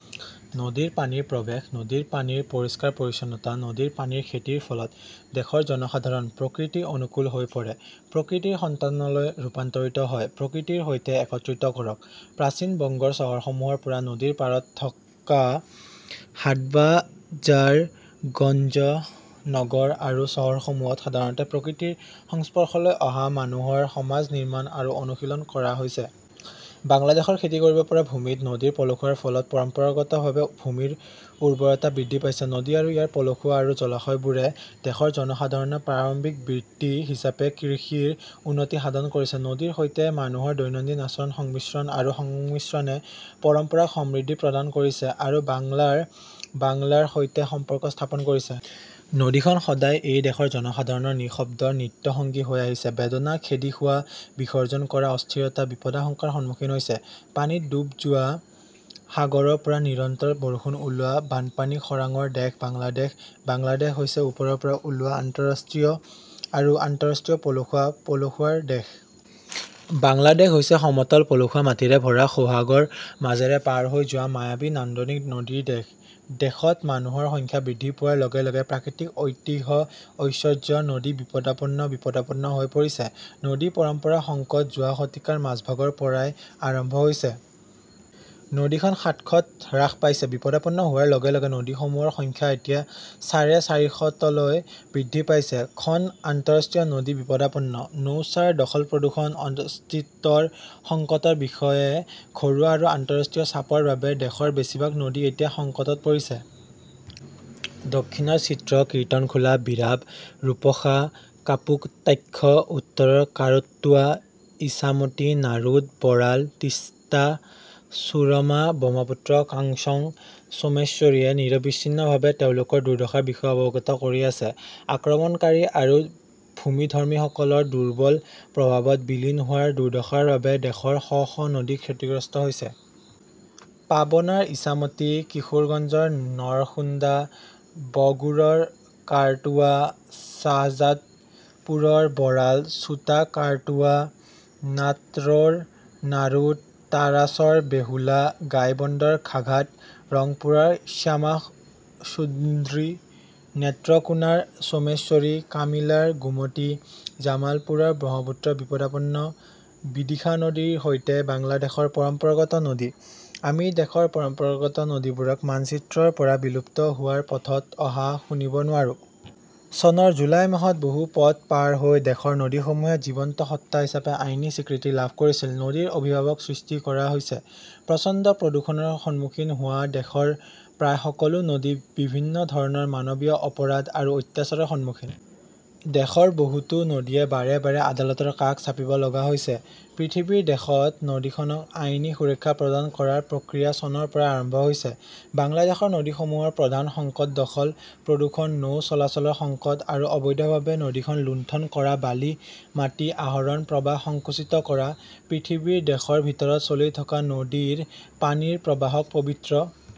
নদীৰ পানীৰ প্ৰৱেশ, নদীৰ পানীৰ পৰিষ্কাৰ-পৰিচ্ছন্নতা, নদীৰ পানীৰ খেতিৰ ফলত দেশৰ জনসাধাৰণ প্ৰকৃতি-অনুকূল হৈ পৰে, প্ৰকৃতিৰ সন্তানলৈ ৰূপান্তৰিত হয়। প্ৰকৃতিৰ সৈতে একত্ৰিত কৰক। প্ৰাচীন বংগৰ চহৰসমূহৰ পৰা নদীৰ পাৰত থকা হাটবাজাৰ, গঞ্জ, নগৰ আৰু চহৰসমূহত সাধাৰণতে প্ৰকৃতিৰ সংস্পৰ্শলৈ অহা মানুহৰ সমাজ নিৰ্মাণ আৰু অনুশীলন কৰা হৈছে। বাংলাদেশৰ খেতি কৰিব পৰা ভূমিত নদীৰ পলসুৱাৰ ফলত পৰম্পৰাগতভাৱে ভূমিৰ উৰ্বৰতা বৃদ্ধি পাইছে। নদী আৰু ইয়াৰ পলসুৱা আৰু জলাশয়বোৰে দেশৰ জনসাধাৰণৰ প্ৰাৰম্ভিক বৃত্তি হিচাপে কৃষিৰ উন্নতি সাধন কৰিছে। নদীৰ সৈতে মানুহৰ দৈনন্দিন আচৰণ, সংমিশ্ৰণ আৰু সংমিশ্ৰণে পৰম্পৰাক সমৃদ্ধি প্ৰদান কৰিছে আৰু বাংলাৰ বাংলাৰ সৈতে সম্পৰ্ক স্থাপন কৰিছে। নদীখন সদায় এই দেশৰ জনসাধাৰণৰ নিঃশব্দ নিত্য সঙ্গী হৈ আহিছে, বেদনা, খেদি যোৱা, বিসৰ্জন কৰা, অস্থিৰতা, বিপদাশংকাৰ সন্মুখীন হৈছে। পানীত ডুব যোৱা, সাগৰৰ পৰা নিৰন্তৰ বৰষুণ ওলোৱা, বানপানী-খৰাংৰ দেশ বাংলাদেশ। বাংলাদেশ হৈছে ওপৰৰ পৰা ওলোৱা আন্তঃৰাষ্ট্ৰীয় আৰু আন্তঃৰাষ্ট্ৰীয় পলসুৱা, পলসুৱাৰ দেশ। বাংলাদেশ হৈছে সমতল পলসুৱা মাটিৰে ভৰা সোহাগৰ মাজেৰে পাৰ হৈ যোৱা মায়াবী নান্দনিক নদীৰ দেশ। দেশত মানুহৰ সংখ্যা বৃদ্ধি পোৱাৰ লগে লগে প্ৰাকৃতিক ঐতিহ্য-ঐশ্বৰ্য নদী বিপদাপন্ন, বিপদাপন্ন হৈ পৰিছে। নদী-পৰম্পৰাৰ সংকট যোৱা শতিকাৰ মাজভাগৰ পৰাই আৰম্ভ হৈছে। নদীখন সাতশত হ্ৰাস পাইছে। বিপদাপন্ন হোৱাৰ লগে লগে নদীসমূহৰ সংখ্যা এতিয়া চাৰে চাৰিশতলৈ বৃদ্ধি পাইছে। খন আন্তঃৰাষ্ট্ৰীয় নদী বিপদাপন্ন। নৌচাৰ, দখল-প্ৰদূষণ, অস্তিত্বৰ সংকটৰ বিষয়ে। ঘৰুৱা আৰু আন্তঃৰাষ্ট্ৰীয় চাপৰ বাবে দেশৰ বেছিভাগ নদী এতিয়া সংকটত পৰিছে। দক্ষিণৰ চিত্ৰ, কীৰ্তনখোলা, বীৰাব, ৰূপসা, কাপুটাক্ষ; উত্তৰৰ কৰোট্টোৱা, ইছামতি, নাৰোড, বৰাল, তিষ্টা, সুৰমা, ব্ৰহ্মপুত্ৰ, কাংছ, সোমেশ্বৰীয়ে নিৰবিচ্ছিন্নভাৱে তেওঁলোকৰ দুৰ্দশাৰ বিষয়ে অৱগত কৰি আছে। আক্ৰমণকাৰী আৰু ভূমিধৰ্মীসকলৰ দুৰ্বল প্ৰভাৱত বিলীন হোৱাৰ দুৰ্দশাৰ বাবে দেশৰ শ শ নদী ক্ষতিগ্ৰস্ত হৈছে। পাবনাৰ ইছামতী, কিশোৰগঞ্জৰ নৰসুন্দা, বগুড়ৰ কাৰতোয়া, শ্বাহজাদপুৰৰ বৰাল, ছোটা কাৰতোয়া, নাট 'ৰৰ নাৰোড, তাৰাছৰ বেহুলা, গাইবন্দৰ ঘাঘাট, ৰংপুৰৰ শ্যামাসুন্দ্ৰী, নেত্ৰকোনাৰ সোমেশ্বৰী, কামিলাৰ গোমতী, জামালপুৰৰ ব্ৰহ্মপুত্ৰৰ বিপদাপন্ন বিদিশা নদীৰ সৈতে বাংলাদেশৰ পৰম্পৰাগত নদী। আমি দেশৰ পৰম্পৰাগত নদীবোৰক মানচিত্ৰৰ পৰা বিলুপ্ত হোৱাৰ পথত অহা শুনিব নোৱাৰো। চনৰ জুলাই মাহত বহু পথ পাৰ হৈ দেশৰ নদীসমূহে জীৱন্ত সত্তা হিচাপে আইনী স্বীকৃতি লাভ কৰিছিল। নদীৰ অভিভাৱক সৃষ্টি কৰা হৈছে। প্ৰচণ্ড প্ৰদূষণৰ সন্মুখীন হোৱা দেশৰ প্ৰায় সকলো নদী বিভিন্ন ধৰণৰ মানৱীয় অপৰাধ আৰু অত্যাচাৰৰ সন্মুখীন দেশৰ বহুতো নদীয়ে বাৰে বাৰে আদালতৰ কাষ চাপিব লগা হৈছে। পৃথিৱীৰ দেশত নদীখনক আইনী সুৰক্ষা প্ৰদান কৰাৰ প্ৰক্ৰিয়া চনৰ পৰা আৰম্ভ হৈছে। বাংলাদেশৰ নদীসমূহৰ প্ৰধান সংকট দখল, প্ৰদূষণ, নৌ চলাচলৰ সংকট আৰু অবৈধভাৱে নদীখন লুণ্ঠন কৰা বালি, মাটি আহৰণ, প্ৰৱাহ সংকুচিত কৰা। পৃথিৱীৰ দেশৰ ভিতৰত, চলি থকা নদীৰ পানীৰ প্ৰবাহক পবিত্ৰ